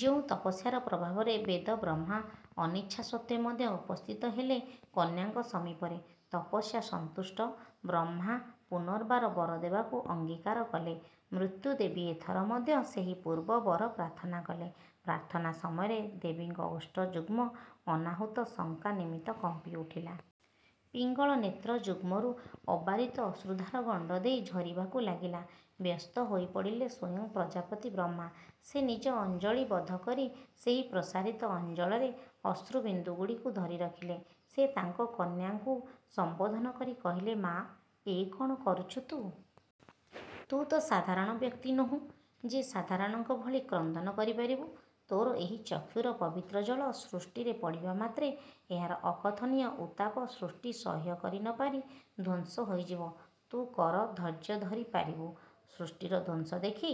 ଯେଉଁ ତପସ୍ୟାର ପ୍ରଭାବରେ ବେଦବ୍ରହ୍ମା ଅନିଚ୍ଛାସତ୍ତ୍ୱେ ମଧ୍ୟ ଉପସ୍ଥିତ ହେଲେ କନ୍ୟାଙ୍କ ସମୀପରେ। ତପସ୍ୟା-ସନ୍ତୁଷ୍ଟ-ବ୍ରହ୍ମା ପୁନର୍ବାର ବର ଦେବାକୁ ଅଙ୍ଗିକାର କଲେ। ମୃତ୍ୟୁଦେବୀ ଏଥର ମଧ୍ୟ ସେହି ପୂର୍ବ ବର ପ୍ରାର୍ଥନା କଲେ। ପ୍ରାର୍ଥନା ସମୟରେ ଦେବୀଙ୍କ ଓଷ୍ଠ ଯୁଗ୍ମ ଅନାହୁତ ଶଙ୍କା ନିମିତ୍ତ କମ୍ପି ଉଠିଲା। ପିଙ୍ଗଳ ନେତ୍ର-ଯୁଗ୍ମରୁ ଅବାରିତ ଅଶ୍ରୁଧାର ଗଣ୍ଡ ଦେଇ ଝରିବାକୁ ଲାଗିଲା। ବ୍ୟସ୍ତ ହୋଇ ପଡ଼ିଲେ ସ୍ୱୟଂ ପ୍ରଜାପତି ବ୍ରହ୍ମା। ସେ ନିଜ ଅଞ୍ଜଳିବଦ୍ଧ କରି ସେହି ପ୍ରସାରିତ ଅଞ୍ଜଳରେ ଅଶ୍ରୁବିନ୍ଦୁଗୁଡ଼ିକୁ ଧରି ରଖିଲେ। ସେ ତାଙ୍କ କନ୍ୟାଙ୍କୁ ସମ୍ୱୋଧନ କରି କହିଲେ, ମା! ଏ କଣ କରୁଛୁ ତୁ? ତୁ ତ ସାଧାରଣ ବ୍ୟକ୍ତି ନୋହୁଁ ଯେ ସାଧାରଣଙ୍କ ଭଳି କ୍ରନ୍ଦନ କରି ପାରିବୁ। ତୋର ଏହି ଚକ୍ଷୁର ପବିତ୍ର ଜଳ ସୃଷ୍ଟିରେ ପଡ଼ିବା ମାତ୍ରେ ଏହାର ଅକଥନୀୟ ଉତ୍ତାପ ସୃଷ୍ଟି ସହ୍ୟ କରି ନ ପାରି ଧ୍ୱଂସ ହୋଇଯିବ। ତୁ କ'ର ଧୈର୍ଯ୍ୟ ଧରି ପାରିବୁ ସୃଷ୍ଟିର ଧ୍ୱଂସ ଦେଖି?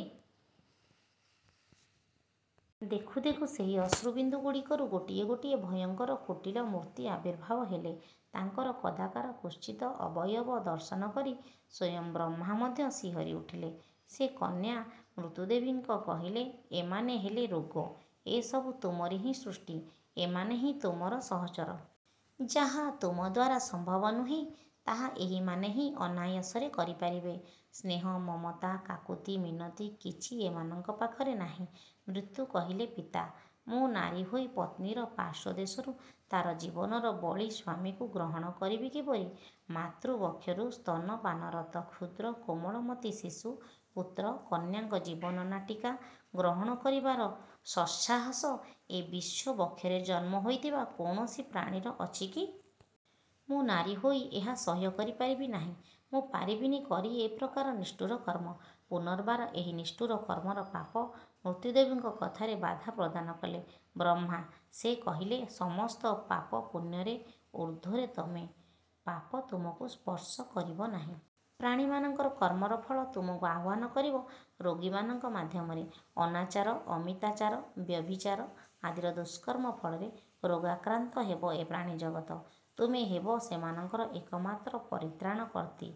ଦେଖୁ ଦେଖୁ ସେହି ଅଶ୍ରୁ ବିନ୍ଦୁ ଗୁଡ଼ିକରୁ ଗୋଟିଏ ଗୋଟିଏ ଭୟଙ୍କର କୁଟିଳ ମୂର୍ତ୍ତି ଆବିର୍ଭାବ ହେଲେ। ତାଙ୍କର କଦାକାର କୁତ୍ସିତ ଅବୟବ ଦର୍ଶନ କରି ସ୍ୱୟଂ ବ୍ରହ୍ମା ମଧ୍ୟ ଶିହରି ଉଠିଲେ। ସେ କନ୍ୟା ମୃତ୍ୟୁଦେବୀଙ୍କ କହିଲେ–ଏମାନେ ହେଲେ ରୋଗ, ଏ ସବୁ ତୁମରି ହିଁ ସୃଷ୍ଟି, ଏମାନେ ହିଁ ତୁମରି ସହଚର। ଯାହା ତୁମଦ୍ୱାରା ସମ୍ଭବ ନୁହେଁ ତାହା ଏହିମାନେ ହିଁ ଅନାୟାସରେ କରିପାରିବେ। ସ୍ନେହ, ମମତା, କାକୁତି, ମିନତି କିଛି ଏମାନଙ୍କ ପାଖରେ ନାହିଁ। ମୃତ୍ୟୁ କହିଲେ, ପିତା! ମୁଁ ନାରୀ ହୋଇ ପତ୍ନୀର ପାର୍ଶ୍ୱଦେଶରୁ ତାର ଜୀବନର ବଳି ସ୍ୱାମୀକୁ ଗ୍ରହଣ କରିବି କିପରି। ମାତୃବକ୍ଷରୁ ସ୍ତନପାନରତ କ୍ଷୁଦ୍ର କୋମଳମତି ଶିଶୁ, ପୁତ୍ର, କନ୍ୟାଙ୍କ ଜୀବନ ନାଟିକା ଗ୍ରହଣ କରିବାର ସତ୍ସାହସ ଏ ବିଶ୍ୱ ବକ୍ଷରେ ଜନ୍ମ ହୋଇଥିବା କୌଣସି ପ୍ରାଣୀର ଅଛି କି? ମୁଁ ନାରୀ ହୋଇ ଏହା ସହ୍ୟ କରିପାରିବି ନାହିଁ। ମୁଁ ପାରିବିନି କରି ଏ ପ୍ରକାର ନିଷ୍ଠୁର କର୍ମ। ପୂନର୍ବାର ଏହି ନିଷ୍ଠୁର କର୍ମର ପାପ ମୃତ୍ୟୁଦେବୀଙ୍କ କଥାରେ ବାଧା ପ୍ରଦାନ କଲେ ବ୍ରହ୍ମା, ସେ କହିଲେ, ସମସ୍ତ ପାପପୁଣ୍ୟରେ ଊର୍ଦ୍ଧ୍ୱରେ ତୁମେ। ପାପ ତୁମକୁ ସ୍ପର୍ଶ କରିବ ନାହିଁ। ପ୍ରାଣୀମାନଙ୍କର କର୍ମର ଫଳ ତୁମକୁ ଆହ୍ୱାନ କରିବ ରୋଗୀମାନଙ୍କ ମାଧ୍ୟମରେ। ଅନାଚାର, ଅମିତାଚାର, ବ୍ୟଭିଚାର ଆଦିର ଦୁଷ୍କର୍ମ ଫଳରେ ରୋଗାକ୍ରାନ୍ତ ହେବ ଏ ପ୍ରାଣୀ ଜଗତ। ତୁମେ ହେବ ସେମାନଙ୍କର ଏକମାତ୍ର ପରିତ୍ରାଣକର୍ତ୍ତୀ।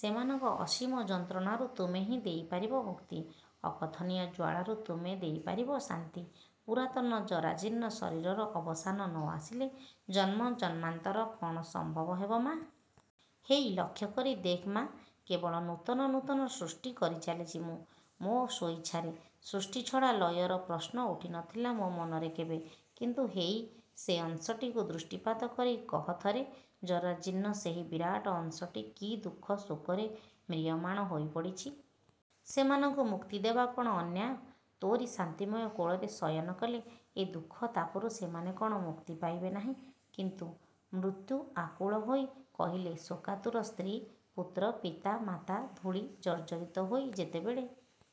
ସେମାନଙ୍କ ଅସୀମ ଯନ୍ତ୍ରଣାରୁ ତୁମେହିଁ ଦେଇପାରିବ ମୁକ୍ତି, ଅକଥନୀୟ ଜ୍ୱାଳାରୁ ତୁମେ ଦେଇପାରିବ ଶାନ୍ତି, ପୂରାତନ ଜରାଜୀର୍ଣ୍ଣ ଶରୀରର ଅବସାନ ନ ଆସିଲେ ଜନ୍ମ ଜନ୍ମାନ୍ତର କ'ଣ ସମ୍ଭବ ହେବ ମା! ହେଇ ଲକ୍ଷ୍ୟକରି ଦେଖ୍ ମା, କେବଳ ନୂତନ ନୂତନ ସୃଷ୍ଟି କରିଚାଲିଛି ମୁଁ, ମୋ ସ୍ୱଇଚ୍ଛାରେ। ସୃଷ୍ଟି ଛଡ଼ା ଲୟର ପ୍ରଶ୍ନ ଉଠି ନ ଥିଲା ମୋ ମନରେ କେବେ। କିନ୍ତୁ–ହେଇ ସେ ଅଂଶଟିକୁ ଦୃଷ୍ଟିପାତ କରି କହ ଥରେ, ଜରାଜୀର୍ଣ୍ଣ ସେହି ବିରାଟ ଅଂଶଟି କି ଦୁଃଖ ଶୋକରେ ମ୍ରିୟମାଣ ହୋଇପଡ଼ିଛି। ସେମାନଙ୍କୁ ମୁକ୍ତି ଦେବା କ'ଣ ଅନ୍ୟାୟ? ତୋରି ଶାନ୍ତିମୟ କୋଳରେ ଶୟନ କଲେ ଏ ଦୁଃଖ ତାପରୁ ସେମାନେ କଣ ମୁକ୍ତି ପାଇବେ ନାହିଁ? କିନ୍ତୁ–। ମୃତ୍ୟୁ ଆକୁଳ ହୋଇ କହିଲେ–ଶୋକାତୁରା ସ୍ତ୍ରୀ, ପୁତ୍ର, ପିତା, ମାତା, ଧୂଳି ଜର୍ଜରିତ ହୋଇ ଯେତେବେଳେ